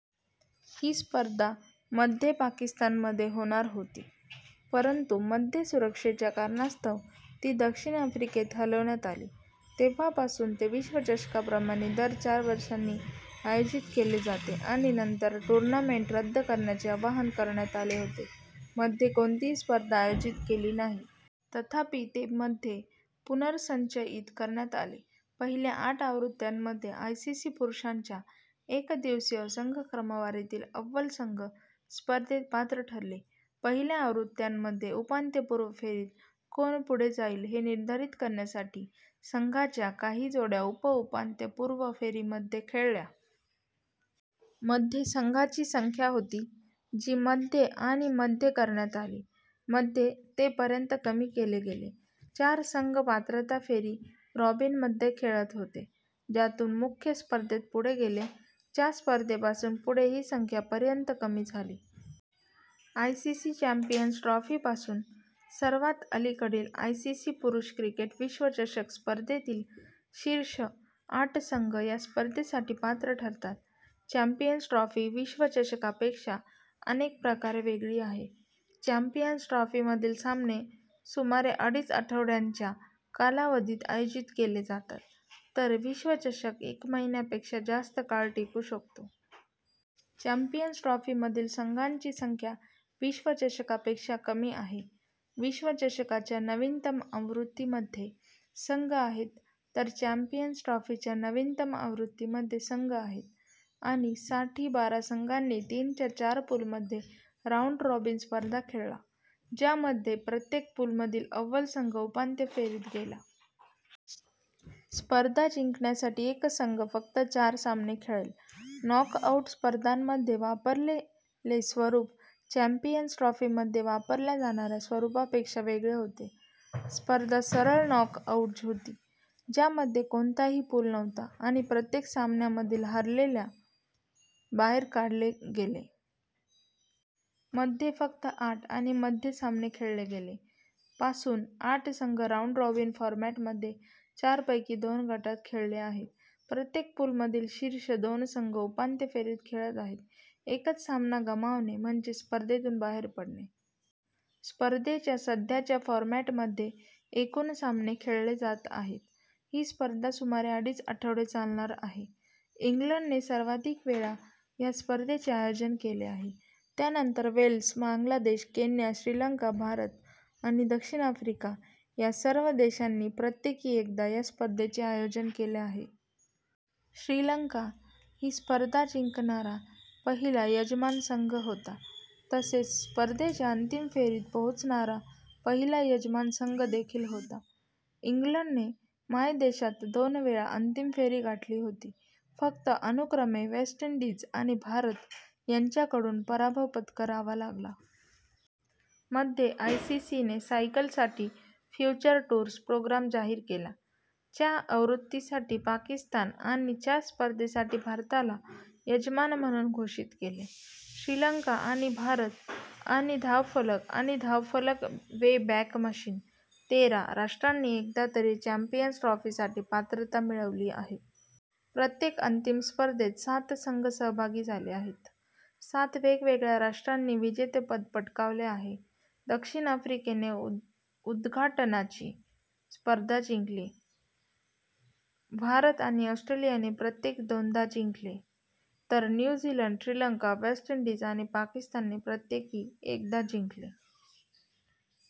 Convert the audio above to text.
ही स्पर्धा मध्ये पाकिस्तानमध्ये होणार होती परंतु मध्ये सुरक्षेच्या कारणास्तव ती दक्षिण आफ्रिकेत हलवण्यात आली. तेव्हापासून ते विश्वचषकाप्रमाणे दर चार वर्षांनी आयोजित केले जाते. आणि नंतर टूर्नामेंट रद्द करण्याचे आवाहन करण्यात आले होते, मध्ये कोणतीही स्पर्धा आयोजित केली नाही. तथापि, ते मध्ये पुनर्संचयित करण्यात आले. पहिल्या आठ आवृत्त्यांमध्ये, आयसीसी पुरुषांच्या एकदिवसीय संघ क्रमवारीतील अव्वल संघ स्पर्धेत पात्र ठरले. पहिल्या आवृत्त्यांमध्ये, उपांत्यपूर्व फेरीत कोण पुढे जाईल हे निर्धारित करण्यासाठी संघांच्या काही जोड्या उप-उपांत्यपूर्व फेरीमध्ये खेळल्या. मध्ये संघांची संख्या होती, जी मध्ये आणि मध्ये करण्यात आली. मध्ये, ते पर्यंत कमी केले गेले, चार संघ पात्रता फेरी-रॉबिनमध्ये खेळत होते ज्यातून मुख्य स्पर्धेत पुढे गेले. च्या स्पर्धेपासून पुढे ही संख्या पर्यंत कमी झाली. आयसीसी चॅम्पियन्स ट्रॉफी पासून, सर्वात अलीकडील आयसीसी पुरुष क्रिकेट विश्वचषक स्पर्धेतील शीर्ष आठ संघ या स्पर्धेसाठी पात्र ठरतात. चॅम्पियन्स ट्रॉफी विश्वचषकापेक्षा अनेक प्रकारे वेगळी आहे. चॅम्पियन्स ट्रॉफीमधील सामने सुमारे अडीच आठवड्यांच्या कालावधीत आयोजित केले जातात, तर विश्वचषक एक महिन्यापेक्षा जास्त काळ टिकू शकतो. चॅम्पियन्स ट्रॉफीमधील संघांची संख्या विश्वचषकापेक्षा कमी आहे, विश्वचषकाच्या नवीनतम आवृत्तीमध्ये संघ आहेत तर चॅम्पियन्स ट्रॉफीच्या नवीनतम आवृत्तीमध्ये संघ आहेत. आणि साठी, बारा संघांनी तीनच्या चार पूलमध्ये राऊंड-रॉबिन स्पर्धा खेळला, ज्यामध्ये प्रत्येक पूलमधील अव्वल संघ उपांत्य फेरीत गेला. स्पर्धा जिंकण्यासाठी एक संघ फक्त चार सामने खेळेल. नॉक आउट स्पर्धांमध्ये वापरलेले स्वरूप चॅम्पियन्स ट्रॉफीमध्ये वापरल्या जाणाऱ्या स्वरूपापेक्षा वेगळे होते. स्पर्धा सरळ नॉकआउट होती, ज्यामध्ये कोणताही पूल नव्हता आणि प्रत्येक सामन्यामधील हरलेल्याला बाहेर काढले गेले. मध्ये फक्त आठ आणि मध्ये सामने खेळले गेले. पासून, आठ संघ राऊंड-रॉबिन फॉरमॅटमध्ये चारपैकी दोन गटात खेळले आहेत, प्रत्येक पूलमधील शीर्ष दोन संघ उपांत्य फेरीत खेळत आहेत. एकच सामना गमावणे म्हणजे स्पर्धेतून बाहेर पडणे. स्पर्धेच्या सध्याच्या फॉरमॅटमध्ये एकूण सामने खेळले जात आहेत, ही स्पर्धा सुमारे अडीच आठवडे चालणार आहे. इंग्लंडने सर्वाधिक वेळा या स्पर्धेचे आयोजन केले आहे त्यानंतर वेल्स. बांगलादेश, केन्या, श्रीलंका, भारत आणि दक्षिण आफ्रिका या सर्व देशांनी प्रत्येकी एकदा या स्पर्धेचे आयोजन केले आहे. श्रीलंका ही स्पर्धा जिंकणारा पहिला यजमान संघ होता, तसेच स्पर्धेच्या अंतिम फेरीत पोहोचणारा पहिला यजमान संघ देखील होता. इंग्लंडने मायदेशात दोन वेळा अंतिम फेरी गाठली होती, फक्त अनुक्रमे वेस्ट इंडीज आणि भारत यांच्याकडून पराभव पत्करावा लागला. मध्ये; आयसीसीने सायकलसाठी फ्युचर टूर्स प्रोग्राम जाहीर केला, च्या आवृत्तीसाठी पाकिस्तान आणि च्या स्पर्धेसाठी भारताला यजमान म्हणून घोषित केले. श्रीलंका / आणि / भारत / आणि / धावफलक आणि धावफलक वेबॅक मशीन. तेरा राष्ट्रांनी एकदा तरी चॅम्पियन्स ट्रॉफीसाठी पात्रता मिळवली आहे. प्रत्येक अंतिम स्पर्धेत सात संघ सहभागी झाले आहेत. सात वेगवेगळ्या राष्ट्रांनी विजेतेपद पटकावले आहे. दक्षिण आफ्रिकेने उद्घाटनाची स्पर्धा जिंकली, भारत आणि ऑस्ट्रेलियाने प्रत्येकी दोनदा जिंकले, तर new Zealand, Sri Lanka, West Indies आणि पाकिस्तानने प्रत्येकी एकदा जिंकले.